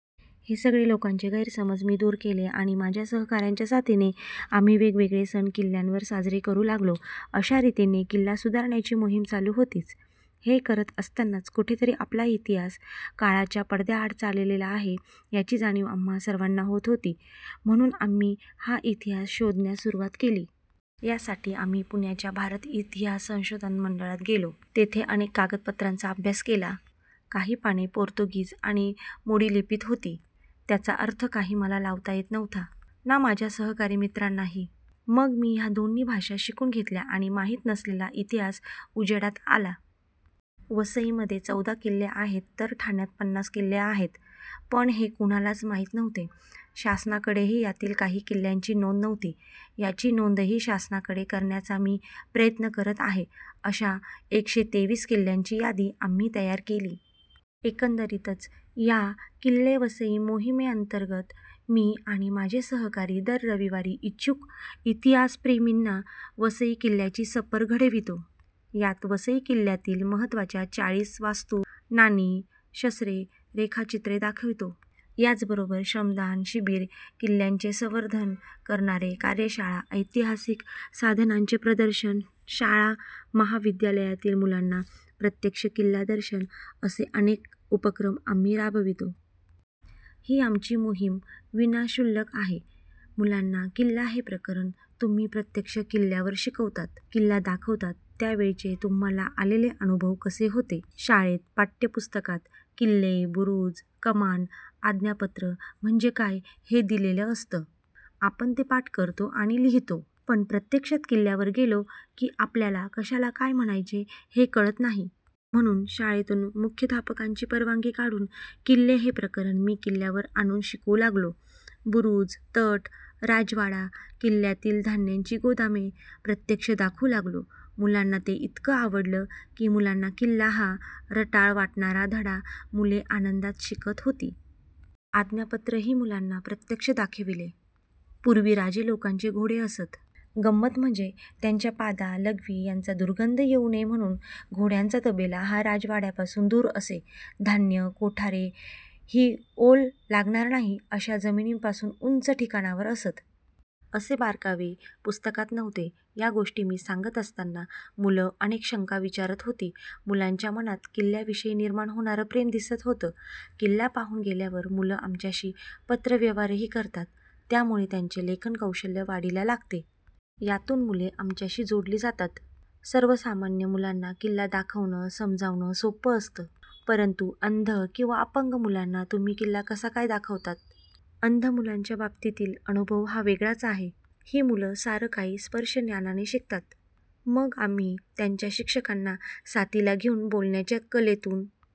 हे सगळे लोकांचे गैरसमज मी दूर केले आणि माझ्या सहकाऱ्यांच्या साथीने आम्ही वेगवेगळे सण किल्ल्यावर साजरे करू लागलो. अशा रीतीने किल्ला सुधारण्याची मोहीम चालू होतीच. हे करत असतानाच कुठेतरी आपला इतिहास काळाच्या पडद्याआड चाललेला आहे याची जाणीव आम्हा सर्वांना होत होती, म्हणून आम्ही हा इतिहास शोधण्यास सुरुवात केली. यासाठी आम्ही पुण्याच्या भारत इतिहास संशोधक मंडळात गेलो. तेथे अनेक कागदपत्रांचा अभ्यास केला. काही पाने पोर्तुगीज आणि मोडीलिपीत होती. त्याचा अर्थ काही मला लावता येत नव्हता ना माझ्या सहकारी मित्रांनाही. मग मी ह्या दोन्ही भाषा शिकून घेतल्या आणि माहीत नसलेला इतिहास उजेडात आला. वसईमध्ये चौदा किल्ले आहेत, तर ठाण्यात पन्नास किल्ले आहेत. पण हे कोणालाच माहीत नव्हते. शासनाकडेही यातील काही किल्ल्यांची नोंद नव्हती. त्याची नोंदही शासनाकडे करण्याचा मी प्रयत्न करत आहे. अशा एकशे तेवीस किल्ल्यांची यादी आम्ही तयार केली. एकंदरीतच या किल्ले वसई मोहिमेअंतर्गत मी आणि माझे सहकारी दर रविवारी इच्छुक इतिहासप्रेमींना वसई किल्ल्याची सफर घडवितो. यात वसई किल्ल्यातील महत्त्वाच्या चाळीस वास्तू, नाणी, शस्त्रे, रेखाचित्रे दाखवितो. याचबरोबर श्रमदान शिबीर, किल्ल्यांचे संवर्धन करणारी कार्यशाळा, ऐतिहासिक साधनांचे प्रदर्शन, शाळा महाविद्यालयातील मुलांना प्रत्यक्ष किल्ला दर्शन असे अनेक उपक्रम आम्ही राबवितो. ही आमची मोहीम विनाशुल्क आहे. मुलांना किल्ला हे प्रकरण तुम्ही प्रत्यक्ष किल्ल्यावर शिकवता, किल्ला दाखवता त्यावेळेचे तुम्हाला आलेले अनुभव कसे होते? शाळेत पाठ्यपुस्तकात किल्ले, बुरूज, कमान, आज्ञापत्र म्हणजे काय हे दिलेले असतं. आपण ते पाठ करतो आणि लिहितो, पण प्रत्यक्षात किल्ल्यावर गेलो की आपल्याला कशाला काय म्हणायचे हे कळत नाही. म्हणून शाळेतून मुख्याध्यापकांची परवानगी काढून किल्ले हे प्रकरण मी किल्ल्यावर आणून शिकवू लागलो. बुरूज, तट, राजवाडा, किल्ल्यातील धान्याची गोदामे प्रत्यक्ष दाखवू लागलो. मुलांना ते इतकं आवडलं की मुलांना किल्ला हा रटाळ वाटणारा धडा मुले आनंदात शिकत होती. आज्ञापत्रही मुलांना प्रत्यक्ष दाखविली. पूर्वी राजे लोकांचे घोडे असत. गंमत म्हणजे त्यांच्या पादा, लघवी याचा दुर्गंध येऊ नये म्हणून घोड्यांचा तबेला हा राजवाड्यापासून दूर असे. धान्य कोठारे ही ओल लागणार नाही अशा जमिनीपासून उंच ठिकाणावर असत. असे बारकावे पुस्तकात नव्हते. या गोष्टी मी सांगत असताना मुलं अनेक शंका विचारत होती. मुलांच्या मनात किल्ल्याविषयी निर्माण होणारं प्रेम दिसत होतं. किल्ला पाहून गेल्यावर मुलं आमच्याशी पत्रव्यवहारही करतात. त्यामुळे त्यांचे लेखन कौशल्य वाढीला लागते. यातून मुले आमच्याशी जोडली जातात. सर्वसामान्य मुलांना किल्ला दाखवणं, समजावणं सोपं असतं, परंतु अंध किंवा अपंग मुलांना तुम्ही किल्ला कसा काय दाखवता? अंध मुलांच्या बाबतीतील अनुभव हा वेगळाच आहे. ही मुलं सारं काही स्पर्शज्ञानाने शिकतात. मग आम्ही त्यांच्या शिक्षकांना साथीला घेऊन बोलण्याच्या कलेतून